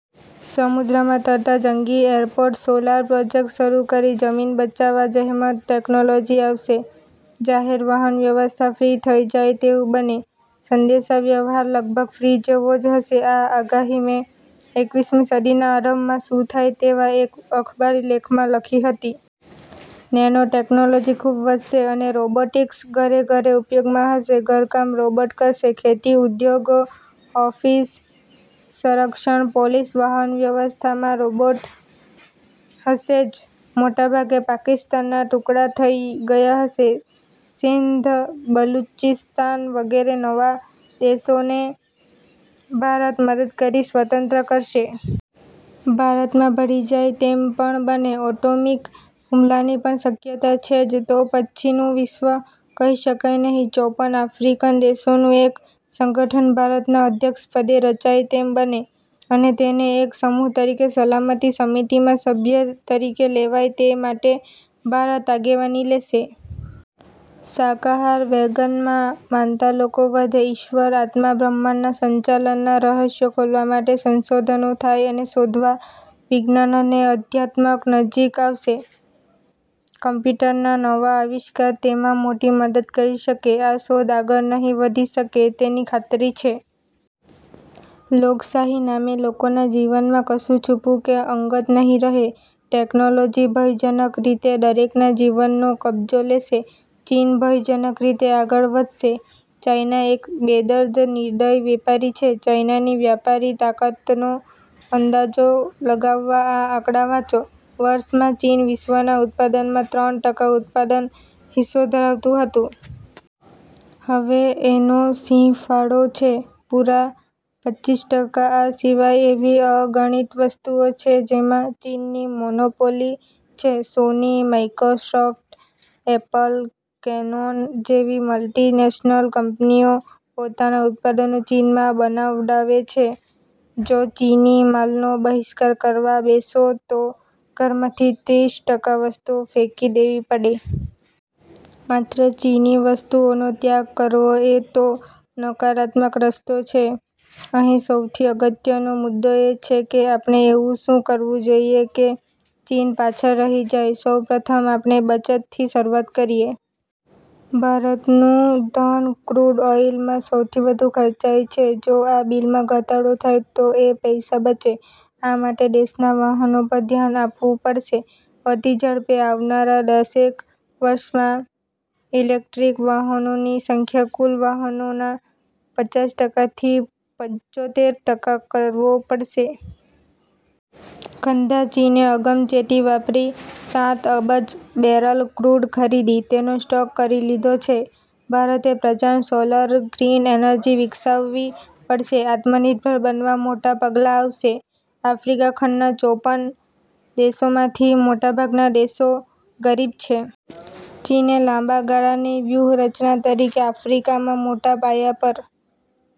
સમુદ્રમાં તરતા જંગી એરપોર્ટ, સોલાર પ્રોજેક્ટ શરૂ કરી જમીન બચાવવા જહેમત, ટેકનોલોજી આવશે. જાહેર વાહન વ્યવસ્થા ફ્રી થઈ જાય તેવું બને. સંદેશા વ્યવહાર લગભગ ફ્રી જેવો જ હશે. આ આગાહી મેં એકવીસ મી સદી ના આરંભમાં શું થાય તેવા એક અખબારી લેખમાં લખી હતી. નેનો ટેકનોલોજી ખૂબ વધશે અને રોબોટિક્સ ઘરે ઘરે ઉપયોગમાં હશે. ઘરકામ રોબોટ કરશે. ખેતી, ઉદ્યોગો, ઓફિસ, સંરક્ષણ, પોલીસ, વાહન વ્યવસ્થા માં રોબોટ હશે જ. મોટાભાગે પાકિસ્તાનના ટુકડા થઈ ગયા હશે. સિંઘ, બલુચિસ્તાન વગેરે નવા દેશોને ભારત મદદ કરી સ્વતંત્ર કરશે. ભારતમાં ભળી જાય તેમ પણ બને. એટોમિક હુમલાની પણ શક્યતા છે જ. તો પછીનું વિશ્વ કહી શકાય નહિ. ચોપન આફ્રિકન દેશોનું એક સંગઠન ભારતના અધ્યક્ષ પદે રચાય તેમ બને, અને તેને એક સમૂહ તરીકે સલામતી સમિતિમાં સભ્ય તરીકે લેવાય તે માટે ભારત આગેવાની લેશે. શાકાહાર, વેગન માં માનતા લોકો વધે. ઈશ્વર, આત્મા, બ્રહ્માંડના સંચાલન ના રહસ્યો ખોલવા માટે સંશોધનો થાય અને શોધવા વિજ્ઞાન અને અધ્યાત્મ નજીક આવશે. કમ્પ્યુટર ના નવા આવિષ્કાર તેમાં મોટી મદદ કરી શકે. આ શોધ આગળ નહિ વધી શકે તેની ખાતરી છે. લોકશાહી નામે લોકોના જીવનમાં કશું છૂપુ કે અંગત નહિ રહે. ટેકનોલોજી ભયજનક રીતે દરેકના જીવનનો કબજો લેશે. ચીન ભયજનક રીતે આગળ વધશે. ચાઈના એક બેદર્દ, નિર્દય વેપારી છે. ચાઈનાની વ્યાપારી તાકાતનો અંદાજો લગાવવા આ આંકડા વાંચો- વર્ષ માં ચીન વિશ્વના ઉત્પાદનમાં ત્રણ ટકા ઉત્પાદન હિસ્સો ધરાવતું હતું. હવે એનો સિંહફાળો છે પૂરા પચીસ ટકા. આ સિવાય એવી અગણિત વસ્તુઓ છે જેમાં ચીનની મોનોપોલી છે. સોની, માઈક્રોસોફ્ટ, એપલ, કેનોન જેવી મલ્ટીનેશનલ કંપનીઓ પોતાનાં ઉત્પાદનો ચીનમાં બનાવડાવે છે. જો ચીની માલનો બહિષ્કાર કરવા બેસો તો ઘરમાંથી ત્રીસ ટકા વસ્તુઓ ફેંકી દેવી પડે. માત્ર ચીની વસ્તુઓનો ત્યાગ કરવો એ તો નકારાત્મક રસ્તો છે. અહીં સૌથી અગત્યનો મુદ્દો એ છે કે આપણે એવું શું કરવું જોઈએ કે ચીન પાછળ રહી જાય? સૌ પ્રથમ આપણે બચતથી શરૂઆત કરીએ. ભારતનું ધન ક્રૂડ ઓઈલમાં સૌથી વધુ ખર્ચાય છે. જો આ બીલમાં ઘટાડો થાય તો એ પૈસા બચે. આ માટે દેશનાં વાહનો પર ધ્યાન આપવું પડશે. અતિ ઝડપે આવનારાં દશેક વર્ષમાં ઈલેકટ્રીક વાહનોની સંખ્યા કુલ વાહનોનાં પચાસ ટકા થી પંચોતેર ટકા કરવો પડશે. ખંધા ચીને અગમચેતી વાપરી સાત અબજ બેરલ ક્રૂડ ખરીદી, તેનો સ્ટોક કરી લીધો છે. ભારતે પ્રચંડ સોલર, ગ્રીન એનર્જી વિકસાવવી પડશે. આત્મ નિર્ભર બનવા મોટા પગલાં આવશે. આફ્રિકા ખંડના ચોપન દેશોમાંથી મોટાભાગના દેશો ગરીબ છે. ચીને લાંબા ગાળાની વ્યૂહ રચના તરીકે આફ્રિકામાં મોટા પાયા પર "